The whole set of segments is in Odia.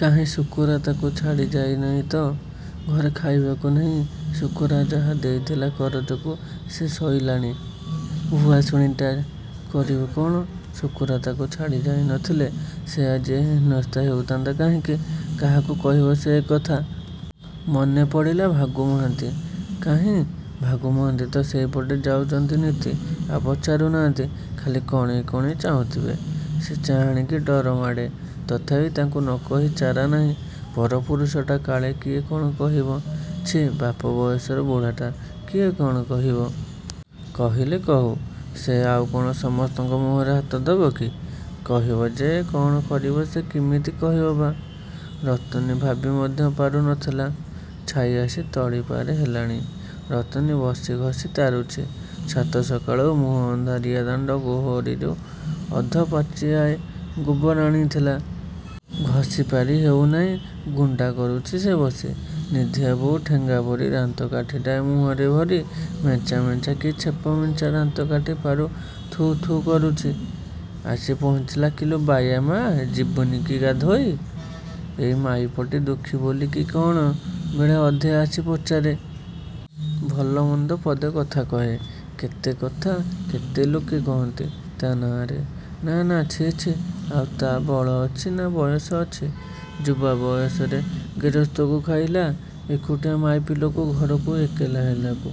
କାହିଁ ଶୁକୁରା ତାକୁ ଛାଡ଼ି ଯାଇନାହିଁ ତ! ଘରେ ଖାଇବାକୁ ନାହିଁ। ଶୁକୁରା ଯାହା ଦେଇଥିଲା କରଜକୁ, ସେ ସଇଲାଣି। ଭୁଆସୁଣୀଟା କରିବ କ'ଣ? ଶୁକୁରା ତାକୁ ଛାଡ଼ି ଯାଇ ନଥିଲେ, ସେ ଆଜି ଏ ହୀନସ୍ତା ହେଉଥାନ୍ତା କାହିଁକି? କାହାକୁ କହିବ ସେ ଏକଥା! ମନେ ପଡ଼ିଲା–ଭାଗୁ ମହାନ୍ତି! କାହିଁ? ଭାଗୁ ମହାନ୍ତି ତ ସେଇପଟେ ଯାଉଚନ୍ତି ନିତି। ଆଉ ପଚାରୁ ନାହାନ୍ତି। ଖାଲି କଣେଇ କଣେଇ ଚାହୁଁଥିବେ। ସେ ଚାହାଣିକି ଡରମାଡ଼େ। ତଥାପି ତାଙ୍କୁ ନକହି ଚାରା ନାହିଁ। ପରପୁରୁଷଟା କାଳେ କିଏ କ'ଣ କହିବ। ଛି ବାପ ବୟସର ବୁଢ଼ାଟା, କିଏ କ'ଣ କହିବ? କହିଲେ କହୁ। ସେ ଆଉ କ'ଣ ସମସ୍ତଙ୍କ ମୁହଁରେ ହାତ ଦବକି? କହିବ ଯେ, କ'ଣ କରିବ ସେ କିମିତି କହିବ ବା! ରତନୀ ଭାବି ମଧ୍ୟ ଭାବିପାରୁ ନଥିଲା। ଛାଇ ଆସି ତଳିପାରେ ହେଲାଣି। ରତନୀ ବସି ଘଷି ତାରୁଛି। ସାତ ସକାଳୁ ମୁହଁ ଅନ୍ଧାରିଆ ଦାଣ୍ଡ ଗୋହରିରୁ ଅଧ ପାଚିଆଏ ଗୋବର ଆଣିଥିଲା। ଘଷିପାରି ହେଉନାହିଁ–ଗୁଣ୍ଡା କରୁଚି ସେ ବସି। ନିଧିଆ ବୋଉ ଠେଙ୍ଗାପରି ଦାନ୍ତ କାଠିଟାଏ ମୁହଁରେ ଭରି ମେଞ୍ଚା ମେଞ୍ଚା କି ଛେପମିଶା ଦାନ୍ତକାଠି ପାରୁ ଥୁ ଥୁ କରୁଛି, ଆସି ପହଞ୍ଚିଲା–''କିଲୋ ବାଇଆ ମା, ଯିବୁନି କି ଗାଧୋଇ? '' ଏଇ ମାଇପଟି, ଦୁଃଖୀ ବୋଲି କି କ'ଣ, ବେଳେ ଅଧେ ଆସି ପଚାରେ। ଭଲମନ୍ଦ ପଦେ କଥା କହେ। କେତେ କଥା କେତେ ଲୋକେ କହନ୍ତି ତା' ନାଆଁରେ ନା ନା ଛି ଛି ଆଉ ତା'ର ବଳଅଛି ନା ବଅସ ଅଛି। ଯୁବା ବଅସରେ ଗିରସ୍ତକୁ ଖାଇଲା। ଏକୁଟିଆ ମାଇପି ଲୋକ ଘରକୁ ଏକଲା ହେଲାକୁ,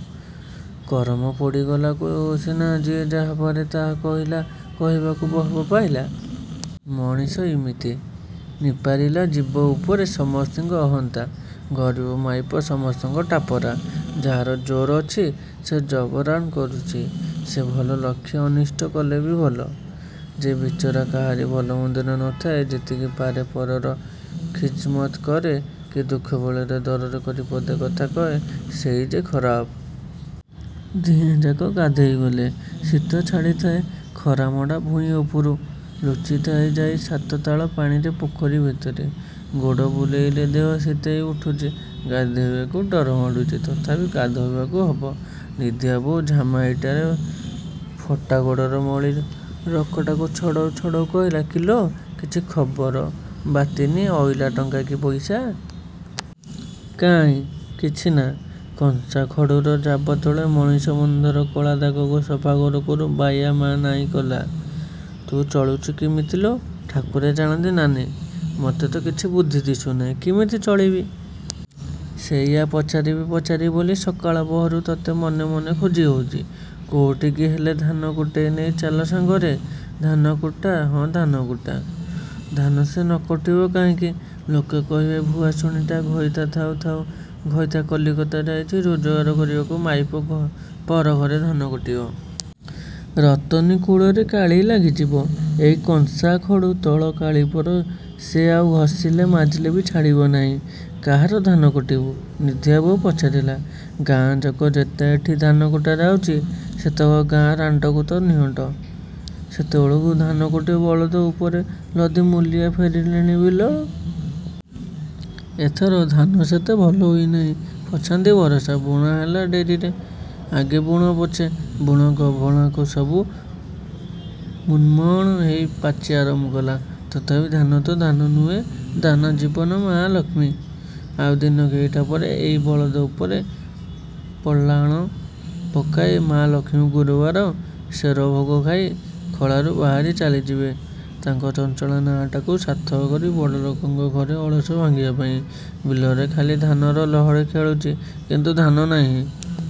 କରମ ପୋଡ଼ିଗଲାକୁ ସିନା ଯିଏ ଯାହାପାରେ ତା' କହିଲା କହିବାକୁ ବହପ ପାଇଲା। ମଣିଷ ଇମିତି। ନିପାରିଲା ଜୀବ ଉପରେ ସମସ୍ତିଙ୍କ ଅହନ୍ତା। ଗରିବ ମାଇପ ସମସ୍ତଙ୍କ ଟାପରା। ଯାହାର ଜୋର୍ ଅଛି, ଯେ ଜବରାଣ କରୁଛି, ସେ ଭଲ ଲକ୍ଷେ ଅନିଷ୍ଟ କଲେବି ଭଲ। ଯେ ବିଚରା କାହାରି ଭଲମନ୍ଦରେ ନଥାଏ, ଯେତିକି ପାରେ ପରର ଖିଜମତ କରେ କି ଦୁଃଖ ବେଳରେ ଦରଜ କରି ପଦେ କଥା କହେ, ସେଇ ଯେ ଖରାପ। ଦିହେଁଯାକ ଗାଧୋଇ ଗଲେ। ଶୀତ ଛାଡ଼ିଥାଏ ଖରାମଡ଼ା ଭୂଇଁଉପରୁ, ଲୁଚିଥାଏ ଯାଇ ସାତ ତାଳ ପାଣିରେ ପୋଖରୀ ଭିତରେ। ଗୋଡ଼ ବୁଡ଼େଇଲେ ଦେହ ଶୀତେଇ ଉଠୁଚି। ଗାଧୋଇବାକୁ ଡରମାଡ଼ୁଚି, ତଥାପି ଗାଧୋଇବାକୁ ହବ। ନିଧିଆ ବୋଉ ଝାମା ଇଟାରେ ଫଟା ଗୋଡ଼ର ମଳି ରକଟାକୁ ଛଡ଼ଉ ଛଡ଼ଉ କହିଲା ''କିଲୋ, କିଛି ଖବର ବାତିନି ଅଇଲା ଟଙ୍କା କି ପଇସା? କାଇଁ ,କିଛି ନା କଂସା ଖଡ଼ୁର ଜାବ ତଳେ ମଣିଷ ବନ୍ଦର କଳା ଦାଗକୁ ସଫା କରୁ କରୁ ବାଇୟା ମା ନାହିଁ କଲା। ତୁ ଚଳୁଚୁ କିମିତି ଲୋ ଠାକୁରେ ଜାଣନ୍ତି ନାନୀ। ମୋତେ ତ କିଛି ବୁଦ୍ଧି ଦିଶୁନାହିଁ, କିମିତି ଚଳିବି। ସେଇଆ ପଚାରିବି ପଚାରିବି ବୋଲି ସକାଳ ପହରୁ ତୋତେ ମନେ ମନେ ଖୋଜି ହଉଚି। କୋଉଠିକି ହେଲେ ଧାନକୁଟେଇ ନେଇ ଚାଲ ସାଙ୍ଗରେ। '' ଧାନକୁଟା? ହଁ, ଧାନକୁଟା। ଧାନ ସେ ନକୁଟିବ କାହିଁକି? ଲୋକେ କହିବେ ଭୁଆସୁଣୀଟା, ଘଇତା ଥାଉ ଥାଉ, ଘଇତା କଲିକତା ଯାଇଚି ରୋଜଗାର କରିବାକୁ ମାଇପ ପର ଘରେ ଧାନକୁଟିବ! ରତନୀ କୁଳରେ କାଳି ଲାଗିଯିବ। ଏଇ କଂସା ଖଡ଼ୁ ତଳ କାଳିପର ସେ ଆଉ ଘସିଲେ ମାଜିଲେବି ଛାଡ଼ିବ ନାହିଁ। କାହାର ଧାନକୁଟିବୁ, ନିଧିଆ ବୋଉ ପଚାରିଲା ,ଗାଁଯାକ ଯେତେଠିଁ ଧାନକୁଟା ଯାଉଚି ସେତକ ଗାଁ ରାଣ୍ଡକୁ ତ ନିଅଣ୍ଟ। ସେତେବେଳକୁ ଧାନକୁଟି ବଳଦ ଉପରେ ଲଦି ମୂଲିଆ ଫେରିଲେଣି ବିଲ - ଏଥର ଧାନ ସେତେ ଭଲ ହୋଇ ନାହିଁ। ପଛାନ୍ତି ବରଷା। ବୁଣା ହେଲା ଡେରିରେ। ଆଗେ ବୁଣ ପଛେ ବୁଣ ଗର୍ଭଣାକୁ ସବୁ ମୁଣ୍ମୁଣ୍ ହେଇ ପାଚି ଆରମ୍ଭ କଲା। ତଥାପି ଧାନ ତ, ଧାନନୁହେଁ ଦାନା ଜୀବନ ମା ଲକ୍ଷ୍ମୀ। ଆଉ ଦିନ କେଇଟା ପରେ ଏଇ ବଳଦ ଉପରେ ପଲାଣ ପକାଇ ମା ଲକ୍ଷ୍ମୀ ଗୁରୁବାର ସେର ଭୋଗ ଖାଇ ଖଳାରୁ ବାହାରି ଚାଲିଯିବେ ତାଙ୍କ ଚଞ୍ଚଳା ନାଆଁଟାକୁ ସାର୍ଥକ କରି ବଡ଼ଲୋକଙ୍କ ଘରେ ଅଳସ ଭାଙ୍ଗିବାପାଇଁ। ବିଲରେ ଖାଲି ଧାନର ଲହଡ଼ି ଖେଳୁଛି। କିନ୍ତୁ ଧାନ ନାହିଁ ।